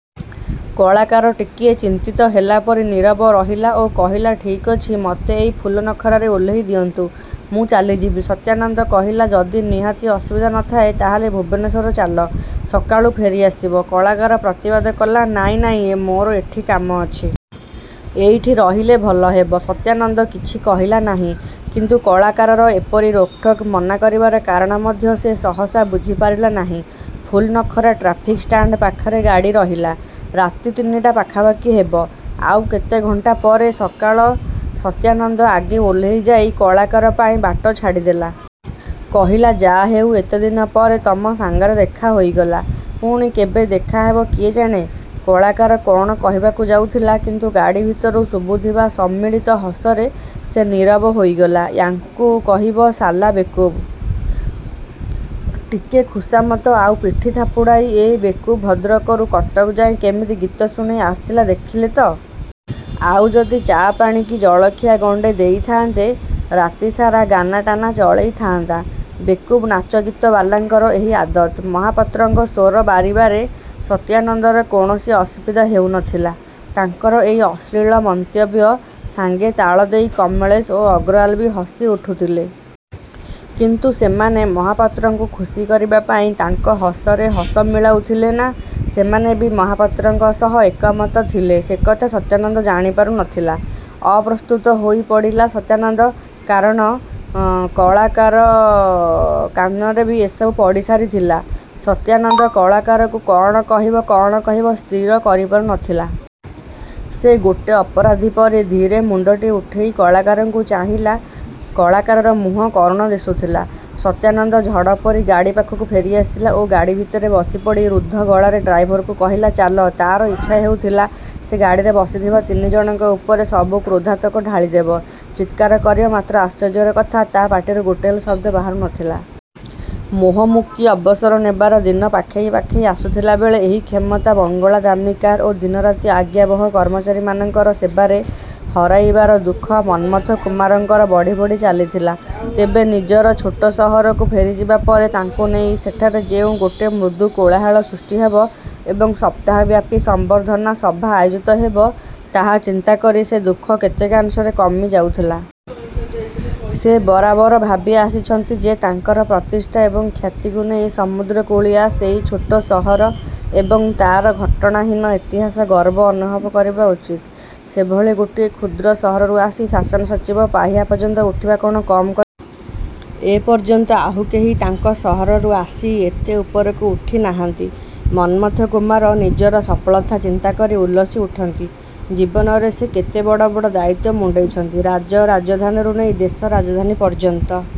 କଳାକାର ଟିକିଏ ଚିନ୍ତିତ ହେଲାପରି ନିରବ ରହିଲା ଓ କହିଲା, "ଠିକ୍ ଅଛି। ମୋତେ ଏଇ ଫୁଲନଖରାରେ ଓହ୍ଲାଇ ଦିଅନ୍ତୁ। ମୁଁ ଚାଲିଯିବି।"ସତ୍ୟାନନ୍ଦ କହିଲା, "ଯଦି ନିହାତି ଅସୁବିଧା ନ ଥାଏ, ତାହେଲେ ଭୁବନେଶ୍ୱର ଚାଲ, ସକାଳୁ ଫେରିଆସିବ।"କଳାକାର ପ୍ରତିବାଦ କଲା, "ନାଇଁ, ନାଇଁ, ମୋର ଏଠି କାମ ଅଛି। ଏଇଠି ରହିଲେ ଭଲହେବ।"ସତ୍ୟାନନ୍ଦ କିଛି କହିଲା ନାହିଁ। କିନ୍ତୁ କଳାକାରର ଏପରି ରୋକଠୋକ୍ ମନା କରିବାର କାରଣ ମଧ୍ୟ ସେ ସହସା ବୁଝିପାରିଲା ନାହିଁ। ଫୁଲନଖରା ଟ୍ରାଫିକ-ଷ୍ଟାଣ୍ଡ ପାଖରେ ଗାଡ଼ି ରହିଲା। ରାତି ତିନିଟା ପାଖାପାଖି ହେବ। ଆଉ କେତେଘଣ୍ଟା ପରେ ସକାଳ। ସତ୍ୟାନନ୍ଦ ଆଗେ ଓହ୍ଲେଇ ଯାଇ କଳାକାର ପାଇଁ ବାଟ ଛାଡ଼ିଦେଲା। କହିଲା, "ଯା' ହେଉ, ଏତେଦିନ ପରେ ତମ ସାଙ୍ଗରେ ଦେଖା ହୋଇଗଲା। ପୁଣି କେବେ ଦେଖା ହେବ କିଏ ଜାଣେ।"କଳାକାର କଣ କହିବାକୁ ଯାଉଥିଲା, କିନ୍ତୁ ଗାଡ଼ି ଭିତରୁ ଶୁଭୁଥିବା ସମ୍ମିଳିତ ହସରେ ସେ ନିରବ ହୋଇଗଲା।"ୟାଙ୍କୁଇ କହିବ ଶାଲା ବେକୁବ। ଟିକେ ଖୁସାମତ ଆଉ ପିଠି ଥାପୁଡ଼ାରେ ଇଏ ବେକୁବ ଭଦ୍ରକରୁ କଟକ ଯାଏ କେମିତି ଗୀତ ଶୁଣେଇ ଆସିଲା ଦେଖିଲେ ତ! ଆଉ ଯଦି ଚା' ପାଣି କି ଜଳଖିଆ ଗଣ୍ଡେ ଦେଇଥାନ୍ତେ ରାତିସାରା ଗାନାଟାନା ଚଳେଇଥାନ୍ତା। ବେକୁବ ନାଚଗୀତ ବାଲାଙ୍କର ଏଇ ଆଦତ୍!"ମହାପାତ୍ରଙ୍କ ସ୍ୱର ବାରିବାରେ ସତ୍ୟାନନ୍ଦର କୌଣସି ଅସୁବିଧା ହେଉ ନଥିଲା। ତାଙ୍କର ଏଇ ଅଶ୍ଳୀଳ ମନ୍ତବ୍ୟ ସାଙ୍ଗେ ତାଳଦେଇ କମଳେଶ ଓ ଅଗ୍ରୱାଲ ବି ହସି ଉଠୁଥିଲେ। କିନ୍ତୁ ସେମାନେ ମହାପାତ୍ରଙ୍କୁ ଖୁସି କରିବା ପାଇଁ ତାଙ୍କ ହସରେ ହସ ମିଳଉଥିଲେ ନା ସେମାନେ ବି ମହାପାତ୍ରଙ୍କ ସହ ଏକମତ ଥିଲେ ସେକଥା ସତ୍ୟାନନ୍ଦ ଜାଣିପାରୁ ନଥିଲା। ଅପ୍ରସ୍ତୁତ ହୋଇପଡ଼ିଲା ସତ୍ୟାନନ୍ଦ, କାରଣ କଳାକାର କାନରେ ବି ଏସବୁ ପଡ଼ିସାରିଥିଲା। ସତ୍ୟାନନ୍ଦ କଳାକାରକୁ କଣ କହିବ ନ କହିବ ସ୍ଥିର କରିପାରୁ ନଥିଲା। ସେ ଗୋଟେ ଅପରାଧୀ ପରି ଧୀରେ ମୁଣ୍ଡଟି ଉଠେଇ କଳାକାରକୁ ଚାହିଁଲା। କଳାକାରର ମୁହଁ କରୁଣ ଦିଶୁଥିଲା। ସତ୍ୟାନନ୍ଦ ଝଡ଼ ପରି ଗାଡ଼ି ପାଖକୁ ଫେରିଆସିଲା ଓ ଗାଡ଼ି ଭିତରେ ବସିପଡ଼ି ରୁଦ୍ଧ ଗଳାରେ ଡ୍ରାଇଭରକୁ କହିଲା, "ଚାଲ।" ତାର ଇଚ୍ଛା ହେଉଥିଲା, ସେ ଗାଡ଼ିରେ ବସିଥିବା ତିନିଜଣଙ୍କ ଉପରେ ସବୁ କ୍ରୋଧତକ ଢାଳିଦେବ, ଚିତ୍କାର କରିବ ମାତ୍ର ଆଶ୍ଚର୍ଯ୍ୟର କଥା, ତା ପାଟିରୁ ଗୋଟେ ହେଲେ ଶବ୍ଦ ବାହାରୁ ନଥିଲା। ମୋହମୁକ୍ତି ଅବସର ନେବାର ଦିନ ପାଖେଇ ପାଖେଇ ଆସୁଥିଲାବେଳେ ଏହି କ୍ଷମତା, ବଙ୍ଗଳା, ଦାମୀ କାର ଏବଂ ଦିନରାତି ଆଜ୍ଞାବହ କର୍ମଚାରୀମାନଙ୍କର ସେବା ହରେଇବାର ଦୁଃଖ ମନ୍ମଥ କୁମାରଙ୍କର ବଢ଼ି ବଢ଼ି ଚାଲିଥିଲା। ତେବେ ନିଜର ଛୋଟ ସହରକୁ ଫେରିଯିବା ପରେ ତାଙ୍କୁ ନେଇ ସେଠାରେ ଯୋଉ ଗୋଟେ ମୃଦୁ କୋଳାହଳ ସୃଷ୍ଟି ହେବ ଏବଂ ସପ୍ତାହବ୍ୟାପି ସମ୍ବର୍ଦ୍ଧନା ସଭା ଆୟୋଜିତ ହେବ, ତାହା ଚିନ୍ତାକରି ସେ ଦୁଃଖ କେତେକାଂଶରେ କମି ଯାଉଥିଲା। ସେ ବରାବର ଭାବି ଆସିଛନ୍ତି ଯେ ତାଙ୍କର ପ୍ରତିଷ୍ଠା ଏବଂ ଖ୍ୟାତିକୁ ନେଇ ସମୁଦ୍ରକୂଳିଆ ସେଇ ଛୋଟ ସହର ଏବଂ ତାର ଘଟଣାହୀନ ଇତିହାସ ଗର୍ବ ଅନୁଭବ କରିବା ଉଚିତ। ସେଭଳି ଗୋଟେ କ୍ଷୁଦ୍ର ସହରରୁ ଆସି ଶାସନସଚିବ ପାହ୍ୟା ପର୍ଯ୍ୟନ୍ତ ଉଠିବା କଣ କମ୍ କଥା! ଏପର୍ଯ୍ୟନ୍ତ ଆଉ କେହି ତାଙ୍କ ସହରରୁ ଆସି ଏତେ ଉପରକୁ ଉଠି ନାହାନ୍ତି। ମନ୍ମଥ କୁମାର ନିଜର ସଫଳତା ଚିନ୍ତା କରି ଉଲ୍ଲସି ଉଠନ୍ତି। ଜୀବନରେ ସେ କେତେ ବଡ଼ ବଡ଼ ଦାୟିତ୍ୱ ମୁଣ୍ଡେଇଛନ୍ତି। ରାଜ୍ୟ ରାଜଧାନୀରୁ ନେଇ ଦେଶ ରାଜଧାନୀ ପର୍ଯ୍ୟନ୍ତ।